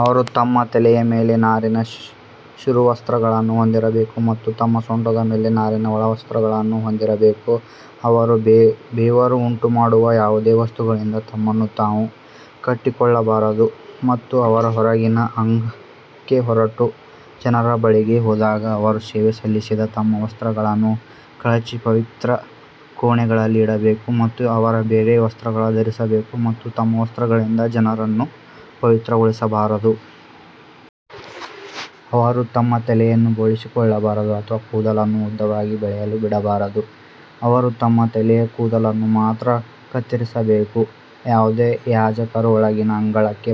ಅವರು ತಮ್ಮ ತಲೆಯ ಮೇಲೆ ನಾರಿನ ಶಿರೋವಸ್ತ್ರಗಳನ್ನು ಹೊಂದಿರಬೇಕು ಮತ್ತು ತಮ್ಮ ಸೊಂಟದ ಮೇಲೆ ನಾರಿನ ಒಳವಸ್ತ್ರಗಳನ್ನು ಹೊಂದಿರಬೇಕು. ಅವರು ಬೆವರು ಉಂಟುಮಾಡುವ ಯಾವುದೇ ವಸ್ತುಗಳಿಂದ ತಮ್ಮನ್ನು ತಾವು ಕಟ್ಟಿಕೊಳ್ಳಬಾರದು. ಮತ್ತು ಅವರು ಹೊರಗಿನ ಅಂಗಳಕ್ಕೆ ಹೊರಟು ಜನರ ಬಳಿಗೆ ಹೋದಾಗ ಅವರು ಸೇವೆ ಸಲ್ಲಿಸಿದ ತಮ್ಮ ವಸ್ತ್ರಗಳನ್ನು ಕಳಚಿ ಪವಿತ್ರ ಕೋಣೆಗಳಲ್ಲಿ ಇಡಬೇಕು ಮತ್ತು ಅವರು ಬೇರೆ ವಸ್ತ್ರಗಳನ್ನು ಧರಿಸಬೇಕು ಮತ್ತು ತಮ್ಮ ವಸ್ತ್ರಗಳಿಂದ ಜನರನ್ನು ಪವಿತ್ರಗೊಳಿಸಬಾರದು. ಅವರು ತಮ್ಮ ತಲೆಯನ್ನು ಬೋಳಿಸಿಕೊಳ್ಳಬಾರದು ಅಥವಾ ಕೂದಲನ್ನು ಉದ್ದವಾಗಿ ಬೆಳೆಯಲು ಬಿಡಬಾರದು, ಅವರು ತಮ್ಮ ತಲೆಯ ಕೂದಲನ್ನು ಮಾತ್ರ ಕತ್ತರಿಸಬೇಕು. ಯಾವುದೇ ಯಾಜಕರು ಒಳಗಿನ ಅಂಗಳಕ್ಕೆ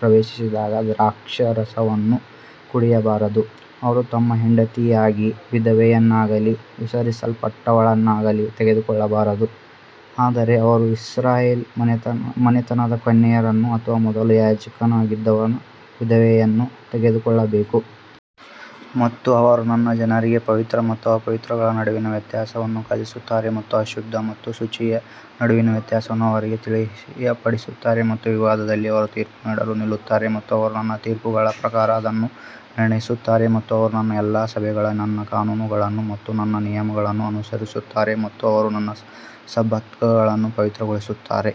ಪ್ರವೇಶಿಸಿದಾಗ ದ್ರಾಕ್ಷಾರಸವನ್ನು ಕುಡಿಯಬಾರದು. ಅವರು ತಮ್ಮ ಹೆಂಡತಿಯಾಗಿ ವಿಧವೆಯನ್ನಾಗಲಿ ವಿಸರ್ಜಿಸಲ್ಪಟ್ಟವಳನ್ನಾಗಲಿ ತೆಗೆದುಕೊಳ್ಳಬಾರದು, ಆದರೆ ಅವರು ಇಸ್ರಾಯೇಲ್ ಮನೆತನದ ಕನ್ಯೆಯರನ್ನು ಅಥವಾ ಮೊದಲು ಯಾಜಕನಾಗಿದ್ದವನ ವಿಧವೆಯನ್ನು ತೆಗೆದುಕೊಳ್ಳಬೇಕು. ಮತ್ತು ಅವರು ನನ್ನ ಜನರಿಗೆ ಪವಿತ್ರ ಮತ್ತು ಅಪವಿತ್ರಗಳ ನಡುವಿನ ವ್ಯತ್ಯಾಸವನ್ನು ಕಲಿಸುತ್ತಾರೆ ಮತ್ತು ಅಶುದ್ಧ ಮತ್ತು ಶುಚಿಯ ನಡುವಿನ ವ್ಯತ್ಯಾಸವನ್ನು ಅವರಿಗೆ ತಿಳಿಯಪಡಿಸುತ್ತಾರೆ. ಮತ್ತು ವಿವಾದದಲ್ಲಿ ಅವರು ತೀರ್ಪು ನೀಡಲು ನಿಲ್ಲುತ್ತಾರೆ ಮತ್ತು ಅವರು ನನ್ನ ತೀರ್ಪುಗಳ ಪ್ರಕಾರ ಅದನ್ನು ನಿರ್ಣಯಿಸುತ್ತಾರೆ ಮತ್ತು ಅವರು ನನ್ನ ಎಲ್ಲಾ ಸಭೆಗಳಲ್ಲಿ ನನ್ನ ಕಾನೂನುಗಳನ್ನು ಮತ್ತು ನನ್ನ ನಿಯಮಗಳನ್ನು ಅನುಸರಿಸುತ್ತಾರೆ ಮತ್ತು ಅವರು ನನ್ನ ಸಬ್ಬತ್ಗಳನ್ನು ಪವಿತ್ರಗೊಳಿಸುತ್ತಾರೆ.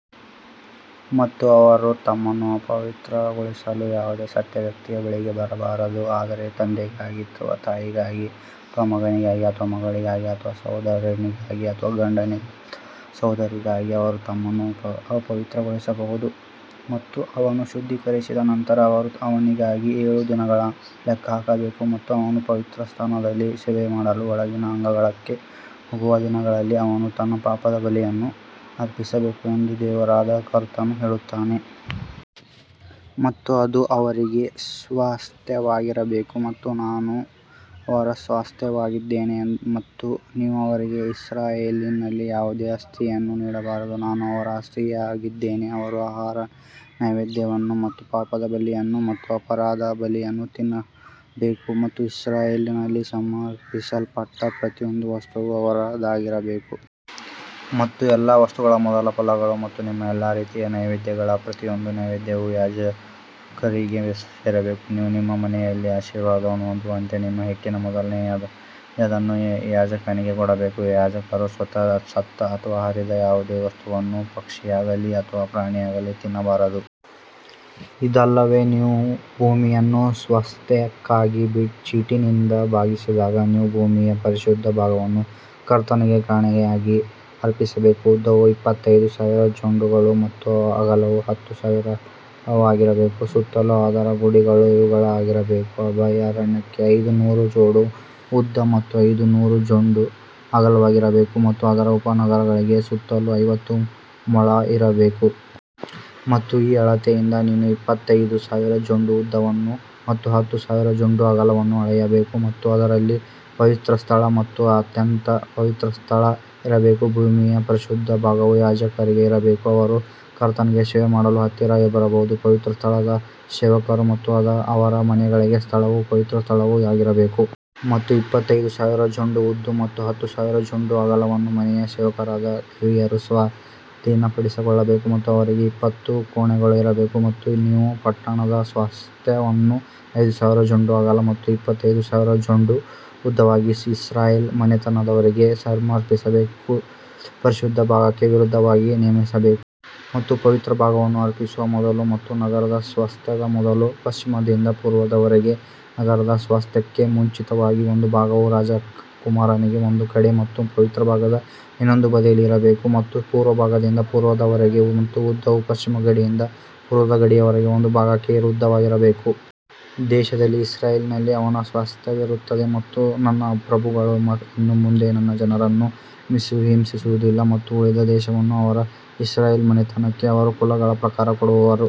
ಮತ್ತು ಅವರು ತಮ್ಮನ್ನು ಅಪವಿತ್ರಗೊಳಿಸಲು ಯಾವುದೇ ಸತ್ತ ವ್ಯಕ್ತಿಯ ಬಳಿಗೆ ಬರಬಾರದು, ಆದರೆ ತಂದೆಗಾಗಿ ಅಥವಾ ತಾಯಿಗಾಗಿ ಅಥವಾ ಮಗನಿಗಾಗಿ ಅಥವಾ ಮಗಳಿಗಾಗಿ ಅಥವಾ ಸಹೋದರನಿಗಾಗಿ ಅಥವಾ ಗಂಡನಿಲ್ಲದ ಸಹೋದರಿಗಾಗಿ ಅವರು ತಮ್ಮನ್ನು ಅಪವಿತ್ರಗೊಳಿಸಬಹುದು. ಮತ್ತು ಅವನು ಶುದ್ಧೀಕರಿಸಿದ ನಂತರ ಅವರು ಅವನಿಗಾಗಿ ಏಳು ದಿನಗಳನ್ನು ಲೆಕ್ಕಹಾಕಬೇಕು ಮತ್ತು ಅವನು ಪವಿತ್ರಸ್ಥಾನದಲ್ಲಿ ಸೇವೆಮಾಡಲು ಒಳಗಿನ ಅಂಗಳಕ್ಕೆ ಹೋಗುವ ದಿನದಲ್ಲಿ ಅವನು ತನ್ನ ಪಾಪದ ಬಲಿಯನ್ನು ಅರ್ಪಿಸಬೇಕು ಎಂದು ದೇವರಾದ ಕರ್ತನು ಹೇಳುತ್ತಾನೆ. ಮತ್ತು ಅದು ಅವರಿಗೆ ಸ್ವಾಸ್ತ್ಯವಾಗಿರಬೇಕು ಮತ್ತು ನಾನು ಅವರ ಸ್ವಾಸ್ತ್ಯವಾಗಿದ್ದೇನೆ ಮತ್ತು ನೀವು ಅವರಿಗೆ ಇಸ್ರಾಯೇಲಿನಲ್ಲಿ ಯಾವುದೇ ಆಸ್ತಿಯನ್ನು ನೀಡಬಾರದು, ನಾನು ಅವರ ಆಸ್ತಿಯಾಗಿದ್ದೇನೆ. ಅವರು ಆಹಾರ ನೈವೇದ್ಯವನ್ನು ಮತ್ತು ಪಾಪದ ಬಲಿಯನ್ನು ಮತ್ತು ಅಪರಾಧದ ಬಲಿಯನ್ನು ತಿನ್ನಬೇಕು ಮತ್ತು ಇಸ್ರಾಯೇಲಿನಲ್ಲಿ ಸಮರ್ಪಿಸಲ್ಪಟ್ಟ ಪ್ರತಿಯೊಂದು ವಸ್ತುವೂ ಅವರದಾಗಿರಬೇಕು. ಮತ್ತು ಎಲ್ಲಾ ವಸ್ತುಗಳ ಮೊದಲ ಫಲಗಳು ಮತ್ತು ನಿಮ್ಮ ಎಲ್ಲಾ ರೀತಿಯ ನೈವೇದ್ಯಗಳ ಪ್ರತಿಯೊಂದು ನೈವೇದ್ಯವೂ ಯಾಜಕರಿಗೆ ಸೇರಬೇಕು, ನೀವು ನಿಮ್ಮ ಮನೆಯಲ್ಲಿ ಆಶೀರ್ವಾದವನ್ನು ಹೊಂದುವಂತೆ ನಿಮ್ಮ ಹಿಟ್ಟಿನ ಮೊದಲನೆಯದನ್ನು ಯಾಜಕನಿಗೆ ಕೊಡಬೇಕು. ಯಾಜಕರು ಸ್ವತಃ ಸತ್ತ ಅಥವಾ ಹರಿದ ಯಾವುದೇ ವಸ್ತುವನ್ನು, ಪಕ್ಷಿಯಾಗಲಿ ಅಥವಾ ಪ್ರಾಣಿಯಾಗಲಿ, ತಿನ್ನಬಾರದು. ಇದಲ್ಲದೆ ನೀವು ಭೂಮಿಯನ್ನು ಸ್ವಾಸ್ತ್ಯಕ್ಕಾಗಿ ಚೀಟಿನಿಂದ ಭಾಗಿಸಿದಾಗ ನೀವು ಭೂಮಿಯ ಪರಿಶುದ್ಧ ಭಾಗವನ್ನು ಕರ್ತನಿಗೆ ಕಾಣಿಕೆಯಾಗಿ ಅರ್ಪಿಸಬೇಕು, ಉದ್ದವು ಇಪ್ಪತ್ತೈದು ಸಾವಿರ ಜೊಂಡುಗಳು ಮತ್ತು ಅಗಲವು ಹತ್ತು ಸಾವಿರವಾಗಿರಬೇಕು. ಸುತ್ತಲೂ ಅದರ ಗಡಿಗಳು ಇವುಗಳಾಗಿರಬೇಕು, ಅಭಯಾರಣ್ಯಕ್ಕೆ ಐದು ನೂರು ಜೊಂಡು ಉದ್ದ ಮತ್ತು ಐದು ನೂರು ಜೊಂಡು ಅಗಲವಾಗಿರಬೇಕು ಮತ್ತು ಅದರ ಉಪನಗರಗಳಿಗೆ ಸುತ್ತಲೂ ಐವತ್ತು ಮೊಳ ಇರಬೇಕು. ಮತ್ತು ಈ ಅಳತೆಯಿಂದ ನೀನು ಇಪ್ಪತ್ತೈದು ಸಾವಿರ ಜೊಂಡು ಉದ್ದವನ್ನು ಮತ್ತು ಹತ್ತು ಸಾವಿರ ಜೊಂಡು ಅಗಲವನ್ನು ಅಳೆಯಬೇಕು ಮತ್ತು ಅದರಲ್ಲಿ ಪವಿತ್ರಸ್ಥಳ ಮತ್ತು ಅತ್ಯಂತ ಪವಿತ್ರ ಸ್ಥಳ ಇರಬೇಕು. ಭೂಮಿಯ ಪರಿಶುದ್ಧ ಭಾಗವು ಯಾಜಕರಿಗೆ ಇರಬೇಕು, ಅವರು ಕರ್ತನಿಗೆ ಸೇವೆ ಮಾಡಲು ಹತ್ತಿರ ಬರುವ ಪವಿತ್ರಸ್ಥಳದ ಸೇವಕರು ಮತ್ತು ಅದು ಅವರ ಮನೆಗಳಿಗೆ ಸ್ಥಳವೂ ಪವಿತ್ರ ಸ್ಥಳವೂ ಆಗಿರಬೇಕು. ಮತ್ತು ಇಪ್ಪತ್ತೈದು ಸಾವಿರ ಜೊಂಡು ಉದ್ದ ಮತ್ತು ಹತ್ತು ಸಾವಿರ ಜೊಂಡು ಅಗಲವನ್ನು ಮನೆಯ ಸೇವಕರಾದ ಲೇವಿಯರು ಸ್ವಾಧೀನಪಡಿಸಿಕೊಳ್ಳಬೇಕು ಮತ್ತು ಅವರಿಗೆ ಇಪ್ಪತ್ತು ಕೋಣೆಗಳು ಇರಬೇಕು. ಮತ್ತು ನೀವು ಪಟ್ಟಣದ ಸ್ವಾಸ್ತ್ಯವನ್ನು ಐದು ಸಾವಿರ ಜೊಂಡು ಅಗಲ ಮತ್ತು ಇಪ್ಪತ್ತೈದು ಸಾವಿರ ಜೊಂಡು ಉದ್ದವಾಗಿ, ಇಸ್ರಾಯೇಲ್ ಮನೆತನದವರಿಗೆ ಸಮರ್ಪಿಸಬೇಕಾದ ಪರಿಶುದ್ಧ ಭಾಗಕ್ಕೆ ವಿರುದ್ಧವಾಗಿ ನೇಮಿಸಬೇಕು. ಮತ್ತು ಪವಿತ್ರ ಭಾಗವನ್ನು ಅರ್ಪಿಸುವ ಮೊದಲು ಮತ್ತು ನಗರದ ಸ್ವಾಸ್ತ್ಯದ ಮೊದಲು, ಪಶ್ಚಿಮದಿಂದ ಪೂರ್ವದವರೆಗೆ ನಗರದ ಸ್ವಾಸ್ತ್ಯಕ್ಕೆ ಮುಂಚಿತವಾಗಿ ಒಂದು ಭಾಗವು ರಾಜಕುಮಾರನಿಗೆ ಒಂದು ಕಡೆ ಮತ್ತು ಪವಿತ್ರ ಭಾಗದ ಇನ್ನೊಂದು ಬದಿಯಲ್ಲಿ ಇರಬೇಕು. ಮತ್ತು ಪೂರ್ವ ಭಾಗದಿಂದ ಪೂರ್ವದವರೆಗೆ ಮತ್ತು ಉದ್ದವು ಪಶ್ಚಿಮ ಗಡಿಯಿಂದ ಪೂರ್ವದ ಗಡಿಯವರೆಗೆ ಒಂದು ಭಾಗಕ್ಕೆ ವಿರುದ್ಧವಾಗಿರಬೇಕು. ದೇಶದಲ್ಲಿ ಇಸ್ರಾಯೇಲಿನಲ್ಲಿ ಅವನ ಸ್ವಾಸ್ತ್ಯವಿರುತ್ತದೆ ಮತ್ತು ನನ್ನ ಪ್ರಭುಗಳು ಇನ್ನು ಮುಂದೆ ನನ್ನ ಜನರನ್ನು ಹಿಂಸಿಸುವುದಿಲ್ಲ ಮತ್ತು ಉಳಿದ ದೇಶವನ್ನು ಅವರು ಇಸ್ರಾಯೇಲ್ ಮನೆತನಕ್ಕೆ ಅವರ ಕುಲಗಳ ಪ್ರಕಾರ ಕೊಡುವರು.